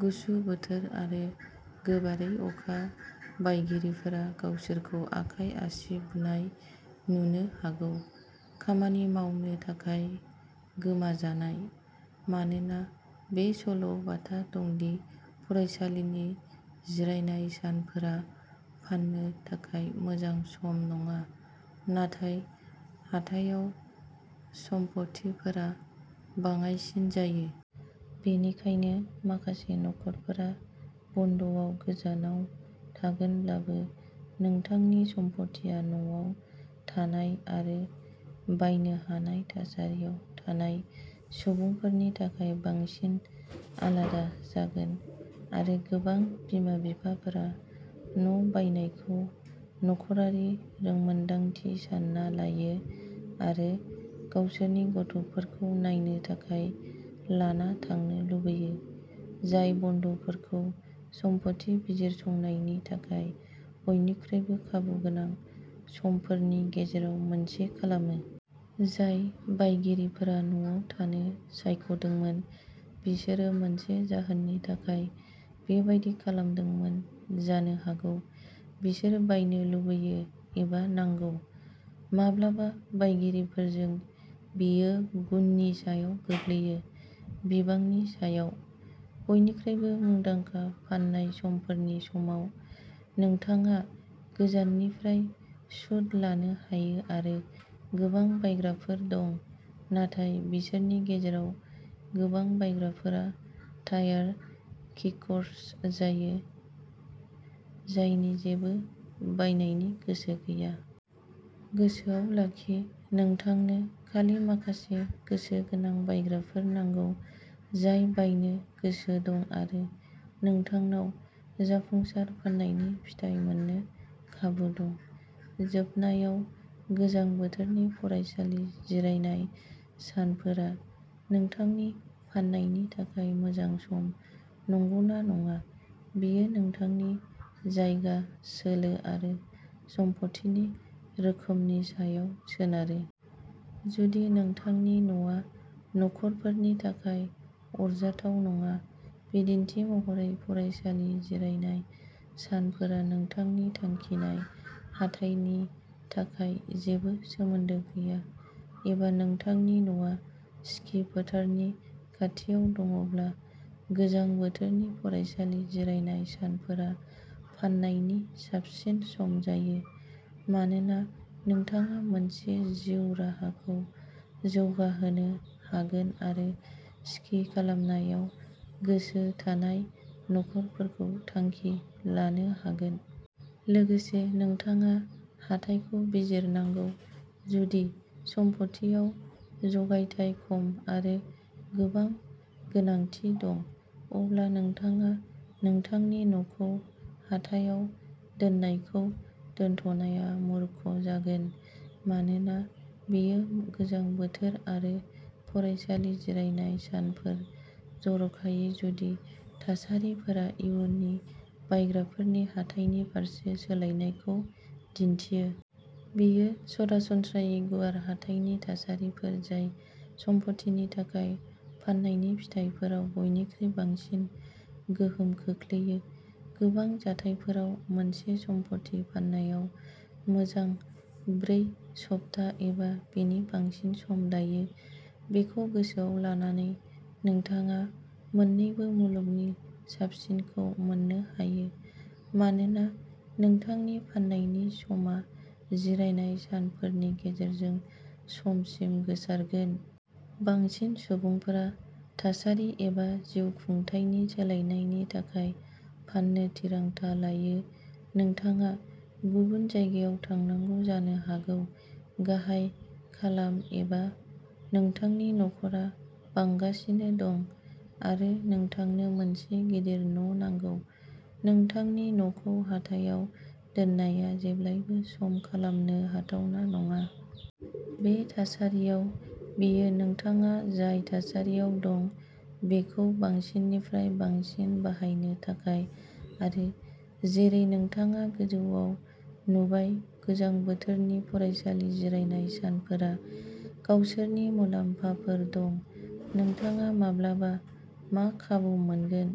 गुसु बोथोर आरो गोबारै अखा बायगिरिफोरा गावसोरखौ आखाइ आसि बुनाय नुनो हागौ, खामानि मावनो थाखाय गोमाजानाय। मानोना बे सल'-बाथा दं दि फरायसालिनि जिरायनाय सानफोरा फाननो थाखाय मोजां सम नङा, नाथाय हाथायाव सम्फथिफोरा बाङायसिन जायो। बेनिखायनो माखासे नखरफोरा बन्द'आव गोजानाव थागोनब्लाबो, नोंथांनि सम्फथिआ न'आव थानाय आरो बायनो हानाय थासारियाव थानाय सुबुंफोरनि थाखाय बांसिन आलादा जागोन। आरो गोबां बिमा-बिफाफोरा न' बायनायखौ नखरारि रोंमोनदांथि सानना लायो आरो गावसोरनि गथ'फोरखौ नायनो थाखाय लाना थांनो लुबैयो, जाय बन्द'फोरखौ सम्फथि बिजिरसंनायनि थाखाय बयनिख्रुइबो खाबुगोनां समफोरनि गेजेराव मोनसे खालामो। जाय बायगिरिफोरा न'आव थानो सायख'दोंमोन बिसोरो मोनसे जाहोननि थाखाय बेबादि खालामदोंमोन जानो हागौ-बिसोर बायनो लुबैयो एबा नांगौ। माब्लाबा बायगिरिफोरजों बेयो गुननि सायाव गोग्लैयो, बिबांनि सायाव। बयनिख्रुइबो मुंदांखा फाननाय समफोरनि समाव, नोंथाङा गोजाननिफ्राय सुद लानो हायो आरो गोबां बायग्राफोर दं, नाथाय बिसोरनि गेजेराव गोबां बायग्राफोरा टायार-किकर्स जायो, जायनि जेबो बायनायनि गोसो गैया। गोसोआव लाखि, नोंथांनो खालि माखासे गोसो गोनां बायग्राफोर नांगौ, जाय बायनो गोसो दं आरो नोंथांनाव जाफुंसार फाननायनि फिथाय मोननो खाबु दं। जोबनायाव, गोजां बोथोरनि फरायसालि जिरायनाय सानफोरा नोंथांनि फाननायनि थाखाय मोजां सम नंगौना नङा, बेयो नोंथांनि जायगा, सोलो आरो सम्पथिनि रोखोमनि सायाव सोनारो। जुदि नोंथांनि न'आ नखरफोरनि थाखाय आरजाथाव नङा, बिदिन्थि महरै, फरायसालि जिरायनाय सानफोरा नोंथांनि थांखिनाय हाथाइनि थाखाय जेबो सोमोन्दो गैया। एबा नोंथांनि न'आ स्कि फोथारनि खाथियाव दङब्ला, गोजां बोथोरनि फरायसालि जिरायनाय सानफोरा फाननायनि साबसिन सम जायो, मानोना नोंथाङा मोनसे जिउ राहाखौ जौगाहोनो हागोन आरो स्कि खालामनायाव गोसो थानाय नखरफोरखौ थांखि लानो हागोन। लोगोसे, नोंथाङा हाथाइखौ बिजिरनांगौ। जुदि सम्फथिआव जगायथाय खम आरो गोबां गोनांथि दं, अब्ला नोंथाङा नोंथांनि न'खौ हाथायाव दोननायखौ दोनथ'नाया मुरख’ जागोन। मानोना बेयो गोजां बोथोर आरो फरायसालि जिरायनाय सानफोर जर'खायै जुदि थासारिफोरा इयुननि बायग्राफोरनि हाथाइनि फारसे सोलायनायखौ दिन्थियो। बेयो सरासनस्रायै गुवार हाथाइनि थासारिफोर जाय सम्पथिनि थाखाय फाननायनि फिथाइफोराव बयनिख्रुइ बांसिन गोहोम खोख्लैयो। गोबां जाथायफोराव, मोनसे सम्पथि फाननायाव मोजां ब्रै सप्ता एबा बेनि बांसिन सम लायो। बेखौ गोसोआव लानानै, नोंथाङा मोननैबो मुलुगनि साबसिनखौ मोननो हायो, मानोना नोंथांनि फाननायनि समा जिरायनाय सानफोरनि गेजेरजों समसिम गोसारगोन। बांसिन सुबुंफोरा थासारि एबा जिउखुंथायनि सोलायनायनि थाखाय फाननो थिरांथा लायो। नोंथाङा गुबुन जायगायाव थांनांगौ जानो हागौ, गाहाय खालाम एबा नोंथांनि नखरा बांगासिनो दं आरो नोंथांनो मोनसे गिदिर न' नांगौ। नोंथांनि न'खौ हाथायाव दोननाया जेब्लाबो सम खालामनो हाथावना नङा। बे थासारियाव, बेयो नोंथाङा जाय थासारियाव दं बेखौ बांसिननिफ्राय बांसिन बाहायनो थाखाय। आरो जेरै नोंथाङा गोजौआव नुबाय गोजां बोथोरनि फरायसालि जिरायनाय सानफोरा गावसोरनि मुलाम्फाफोर दं। नोंथाङा माब्लाबा मा खाबु मोनगोन?